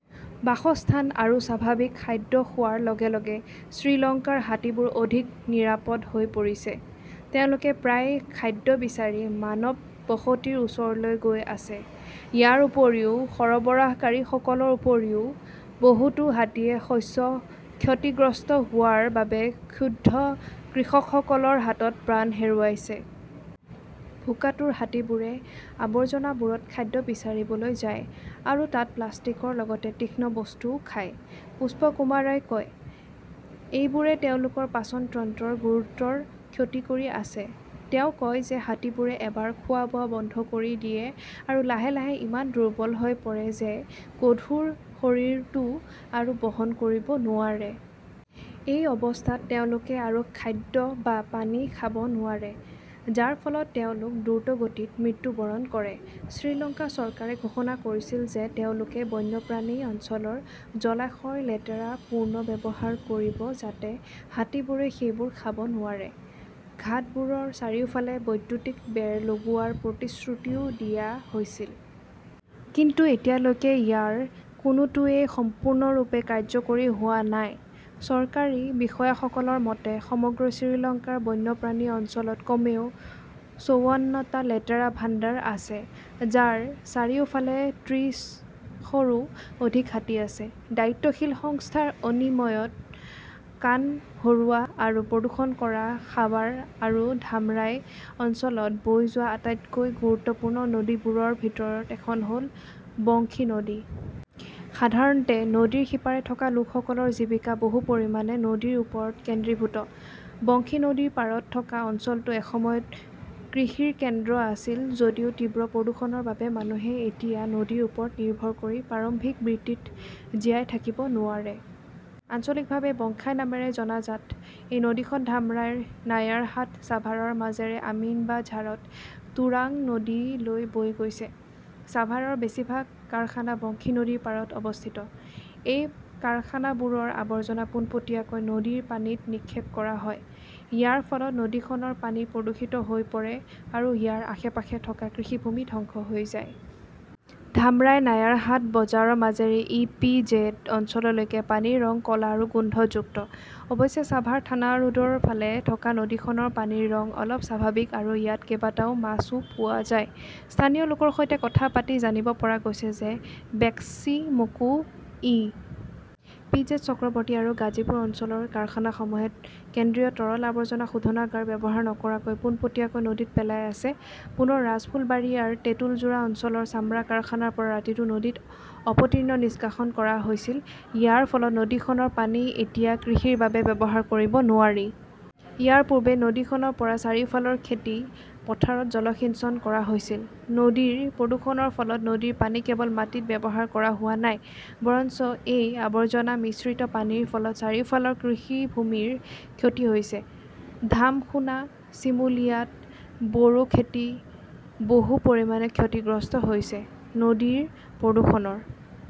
বাসস্থান আৰু স্বাভাৱিক খাদ্য খোৱাৰ লগে লগে শ্ৰীলংকাৰ হাতীবোৰ অধিক নিৰাপদ হৈ পৰিছে। তেওঁলোকে প্ৰায়ে খাদ্য বিচাৰি মানৱ বসতিৰ ওচৰলৈ গৈ আছে। ইয়াৰ উপৰিও সৰবৰাহকাৰীসকলৰ উপৰিও বহুতো হাতীয়ে শস্য ক্ষতিগ্ৰস্ত হোৱাৰ বাবে ক্ষুব্ধ কৃষকসকলৰ হাতত প্ৰাণ হেৰুৱাইছে। ভোকাতুৰ হাতীবোৰে আৱৰ্জনাবোৰত খাদ্য বিচাৰিবলৈ যায় আৰু তাত প্লাষ্টিকৰ লগতে তীক্ষ্ণ বস্তুও খায়, পুষ্পকুমাৰাই কয়। এইবোৰে তেওঁলোকৰ পাচন তন্ত্ৰৰ গুৰুতৰ ক্ষতি কৰি আছে। তেওঁ কয় যে হাতীবোৰে এবাৰ খোৱা-বোৱা বন্ধ কৰি দিয়ে আৰু লাহে লাহে ইমান দুৰ্বল হৈ পৰে যে গধুৰ শৰীৰটো আৰু বহন কৰিব নোৱাৰে। এই অৱস্থাত তেওঁলোকে আৰু খাদ্য বা পানী খাব নোৱাৰে, যাৰ ফলত তেওঁলোক দ্ৰুতগতিত মৃত্যুবৰণ কৰে। শ্ৰীলংকা চৰকাৰে ঘোষণা কৰিছিল যে তেওঁলোকে বন্যপ্ৰাণী অঞ্চলৰ জলাশয়ৰ লেতেৰা পুনৰ্ব্যৱহাৰ কৰিব যাতে হাতীবোৰে সেইবোৰ খাব নোৱাৰে। ঘাটবোৰৰ চাৰিওফালে বৈদ্যুতিক বেৰ লগোৱাৰ প্ৰতিশ্ৰুতিও দিয়া হৈছিল। কিন্তু এতিয়ালৈকে ইয়াৰ কোনোটোৱেই সম্পূৰ্ণৰূপে কাৰ্যকৰী হোৱা নাই। চৰকাৰী বিষয়াসকলৰ মতে, সমগ্ৰ শ্ৰীলংকাৰ বন্যপ্ৰাণী অঞ্চলত কমেও চৌৱন্নটা লেতেৰা ভাণ্ডাৰ আছে, যাৰ চাৰিওফালে তিনিশৰো অধিক হাতী আছে। দায়িত্বশীল সংস্থাৰ অনিয়মত কাণ ভৰোৱা আৰু প্ৰদূষণ কৰা সাৱাৰ আৰু ধামৰাই অঞ্চলত বৈ যোৱা আটাইতকৈ গুৰুত্বপূৰ্ণ নদীবোৰৰ ভিতৰত এখন হ'ল বংশী নদী। সাধাৰণতে নদীৰ সিপাৰে থকা লোকসকলৰ জীৱিকা বহু পৰিমাণে নদীৰ ওপৰত কেন্দ্ৰীভূত। বংশী নদীৰ পাৰত থকা অঞ্চলটো এসময়ত কৃষিৰ কেন্দ্ৰ আছিল যদিও তীব্ৰ প্ৰদূষণৰ বাবে মানুহে এতিয়া নদীৰ ওপৰত নিৰ্ভৰ কৰি প্ৰাৰম্ভিক বৃত্তিত জীয়াই থাকিব নোৱাৰে। আঞ্চলিকভাৱে "বংশাই" নামেৰে জনাজাত এই নদীখন ধামৰাইৰ নায়াৰহাট-ছাভাৰৰ মাজেৰে আমিনবাঝাৰত তুৰাগ নদীলৈ বৈ গৈছে। ছাভাৰৰ বেছিভাগ কাৰখানা বংশী নদীৰ পাৰত অৱস্থিত। এই কাৰখানাবোৰৰ আৱৰ্জনা পোনপটীয়াকৈ নদীৰ পানীত নিক্ষেপ কৰা হয়। ইয়াৰ ফলত নদীখনৰ পানী প্ৰদূষিত হৈ পৰে আৰু ইয়াৰ আশে-পাশে থকা কৃষিভূমি ধ্বংস হৈ যায়। ধামৰাইৰ নায়াৰহাট বজাৰৰ মাজেৰে ই. পি. জেড. অঞ্চললৈকে পানীৰ ৰং ক'লা আৰু গোন্ধযুক্ত। অৱশ্যে, ছাভাৰ থানাৰোডৰ ফালে থকা নদীখনৰ পানীৰ ৰং অলপ স্বাভাৱিক আৰু ইয়াত কেইবাটাও মাছও পোৱা যায়। স্থানীয় লোকৰ সৈতে কথা পাতি জানিব পৰা গৈছে যে Beximco, E. P. Z., Chakraborty আৰু গাজিপুৰ অঞ্চলৰ কাৰখানাসমূহে কেন্দ্ৰীয় তৰল আৱৰ্জনা শোধনাগাৰ ব্যৱহাৰ নকৰাকৈ পোনপটীয়াকৈ নদীত পেলাই আছে। পুনৰ ৰাজফুলবাৰিয়াৰ তেঁতুলজোৰা অঞ্চলৰ চামৰা কাৰখানাৰ পৰা ৰাতিটো নদীত অপতৃণ নিষ্কাশন কৰা হৈছিল। ইয়াৰ ফলত নদীখনৰ পানী এতিয়া কৃষিৰ বাবে ব্যৱহাৰ কৰিব নোৱাৰি। ইয়াৰ পূৰ্বে নদীখনৰ পৰা চাৰিওফালৰ খেতি পথাৰত জলসিঞ্চন কৰা হৈছিল। নদীৰ প্ৰদূষণৰ ফলত নদীৰ পানী কেৱল মাটিত ব্যৱহাৰ কৰা হোৱা নাই, বৰঞ্চ এই আৱৰ্জনা মিশ্ৰিত পানীৰ ফলত চাৰিওফালৰ কৃষিভূমিৰ ক্ষতি হৈছে। ধামসোনা, চিমুলিয়াত বৰো খেতি বহু পৰিমাণে ক্ষতিগ্ৰস্ত হৈছে। নদীৰ প্ৰদূষণৰ